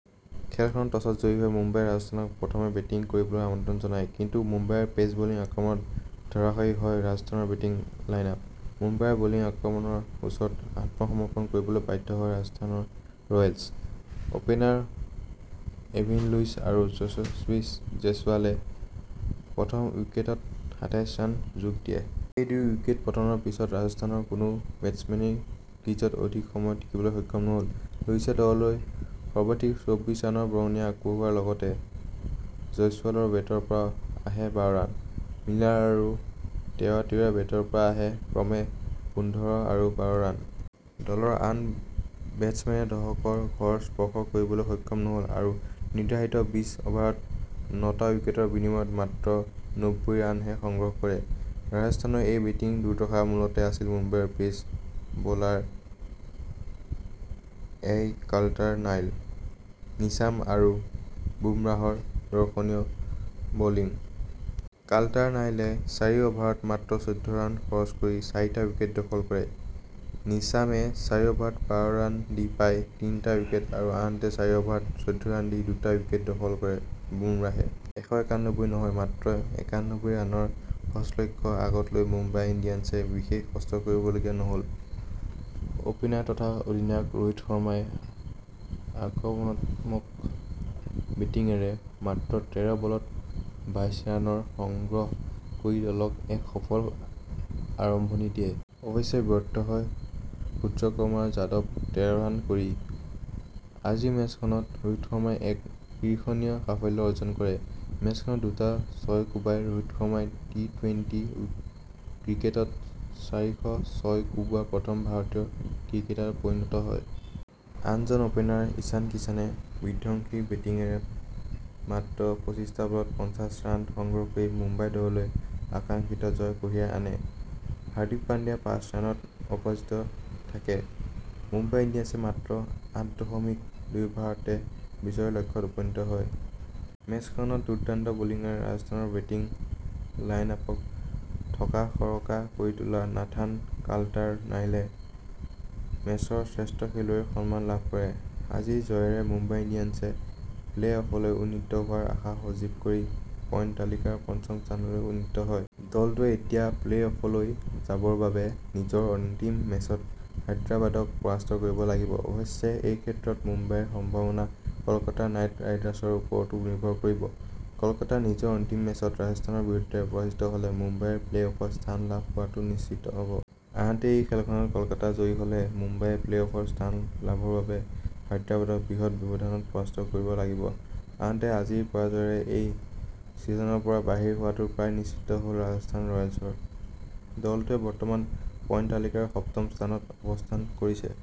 খেলখনত টছত জয়ী হৈ মুম্বায়ে ৰাজস্থানক প্ৰথমে বেটিং কৰিবলৈ আমন্ত্ৰণ জনায়। কিন্তু মুম্বাইৰ পেচ বলিং আক্ৰমণত ধৰাশায়ী হয় ৰাজস্থানৰ বেটিং লাইন-আপ। মুম্বাইৰ বলিং আক্ৰমণৰ ওচৰত আত্মসমৰ্পণ কৰিবলৈ বাধ্য হয় Rajasthan Royals. Opener Evin Lewis আৰু যশস্বী জয়ছোৱালে প্ৰথম উইকেটত সাতাইশ ৰান যোগ দিয়ে। এই দুই উইকেট পতনৰ পিছত ৰাজস্থানৰ কোনো বেটচমেনেই ক্ৰীজত অধিক সময় টিকিবলৈ সক্ষম নহ'ল। লুইছে দললৈ সৰ্বাধিক চৌব্বিশ ৰানৰ বৰঙণি আগবঢ়োৱাৰ লগতে জয়ছোৱালৰ বেটৰ পৰা আহে বাৰ ৰান। মিলাৰ আৰু টেৱাটিয়াৰ বেটৰ পৰা আহে ক্ৰমে পোন্ধৰ আৰু বাৰ ৰান। দলৰ আন বেটচমেনে দহকৰ ঘৰ স্পৰ্শ কৰিবলৈ সক্ষম নহ'ল আৰু নিৰ্ধাৰিত বিছ অভাৰত নটা উইকেটৰ বিনিময়ত মাত্ৰ নব্বৈ ৰানহে সংগ্ৰহ কৰে। ৰাজস্থানৰ এই বেটিং দুৰ্দশাৰ মূলতে আছিল মুম্বাইৰ পেচ বলাৰত্ৰয় কাল্টাৰ-নাইল, নিছাম আৰু বুমৰাহৰ দৰ্শনীয় বলিং। কাল্টাৰ-নাইলে চাৰি অভাৰত মাত্ৰ চৈধ্য ৰান খৰচ কৰি চাৰিটা উইকেট দখল কৰে। নিছামে চাৰি অভাৰত বাৰ ৰান দি পায় তিনিটা উইকেট আৰু আনহাতে চাৰি অভাৰত চৈধ্য ৰান দি দুটা উইকেট দখল কৰে বুমৰাহে। এশ একানব্বৈ নহয়, মাত্ৰ একানব্বৈ ৰানৰ সহজ লক্ষ্য আগত লৈ মুম্বাই ইণ্ডিয়ানছে বিশেষ কষ্ট কৰিবলগীয়া নহ'ল। অপেনাৰ তথা অধিনায়ক ৰোহিত শৰ্মাই আক্ৰমণাত্মক বেটিঙেৰে মাত্ৰ তেৰ বলত বাইশ ৰান সংগ্ৰহ কৰি দলক এক সফল আৰম্ভণি দিয়ে। অৱশ্যে ব্যৰ্থ হয় সূৰ্যকুমাৰ যাদৱ তেৰ ৰান কৰি। আজিৰ মেচখনত ৰোহিত শৰ্মাই এক ঈৰ্ষণীয় সাফল্য অৰ্জন কৰে। মেচখনত দুটা ছয় কোবাই ৰোহিত শৰ্মাই টি-টুৱেন্টি ক্ৰিকেটত চাৰিশ ছয় কোবোৱা প্ৰথম ভাৰতীয় ক্ৰিকেটাৰত পৰিণত হয়। আনজন অপেনাৰ ঈশান কিষাণে বিধ্বংসী বেটিঙেৰে মাত্ৰ পঁচিশটা বলত পঞ্চাশ ৰান সংগ্ৰহ কৰি মুম্বাই দললৈ আকাংক্ষিত জয় কঢ়িয়াই আনে। হাৰ্দিক পাণ্ডিয়া পাঁচ ৰানত অপৰাজিত থাকে। মুম্বাই ইণ্ডিয়ানছে মাত্ৰ আঠ দশমিক দুই অভাৰতে বিজয়ৰ লক্ষ্যত উপনীত হয়। মেচখনত দুৰ্দান্ত বলিঙেৰে ৰাজস্থানৰ বেটিং লাইন-আপক থকাসৰকা কৰি তোলা নাথান কাল্টাৰ-নাইলে মেচৰ শ্ৰেষ্ঠ খেলুৱৈৰ সন্মান লাভ কৰে। আজিৰ জয়েৰে মুম্বাই ইণ্ডিয়ানছে প্লে-অফলৈ উন্নীত হোৱাৰ আশা সজীৱ কৰি পইণ্ট তালিকাৰ পঞ্চম স্থানলৈ উন্নীত হয়। দলটোৱে এতিয়া প্লে-অফলৈ যাবৰ বাবে নিজৰ অন্তিম মেচত হায়দৰাবাদক পৰাস্ত কৰিব লাগিব। অৱশ্যে এইক্ষেত্ৰত মুম্বাইৰ সম্ভাৱনা কলকাতা নাইট ৰাইডাৰ্ছৰ ওপৰতো নিৰ্ভৰ কৰিব। কলকাতা নিজৰ অন্তিম মেচত ৰাজস্থানৰ বিৰুদ্ধে পৰাজিত হ'লে মুম্বাইৰ প্লে-অফত স্থান লাভ কৰাটো নিশ্চিত হ'ব। আনহাতে এই খেলখনত কলকাতা জয়ী হ'লে মুম্বায়ে প্লে-অফত স্থান লাভৰ বাবে হায়দৰাবাদক বৃহৎ ব্যৱধানত পৰাস্ত কৰিব লাগিব। আনহাতে আজিৰ পৰাজয়েৰে এই ছিজনৰ পৰা বাহিৰ হোৱাটো প্ৰায় নিশ্চিত হ'ল ৰাজস্থান ৰয়েলছৰ। দলটোৱে বৰ্তমান পইন্ট তালিকাৰ সপ্তম স্থানত অৱস্থান কৰিছে।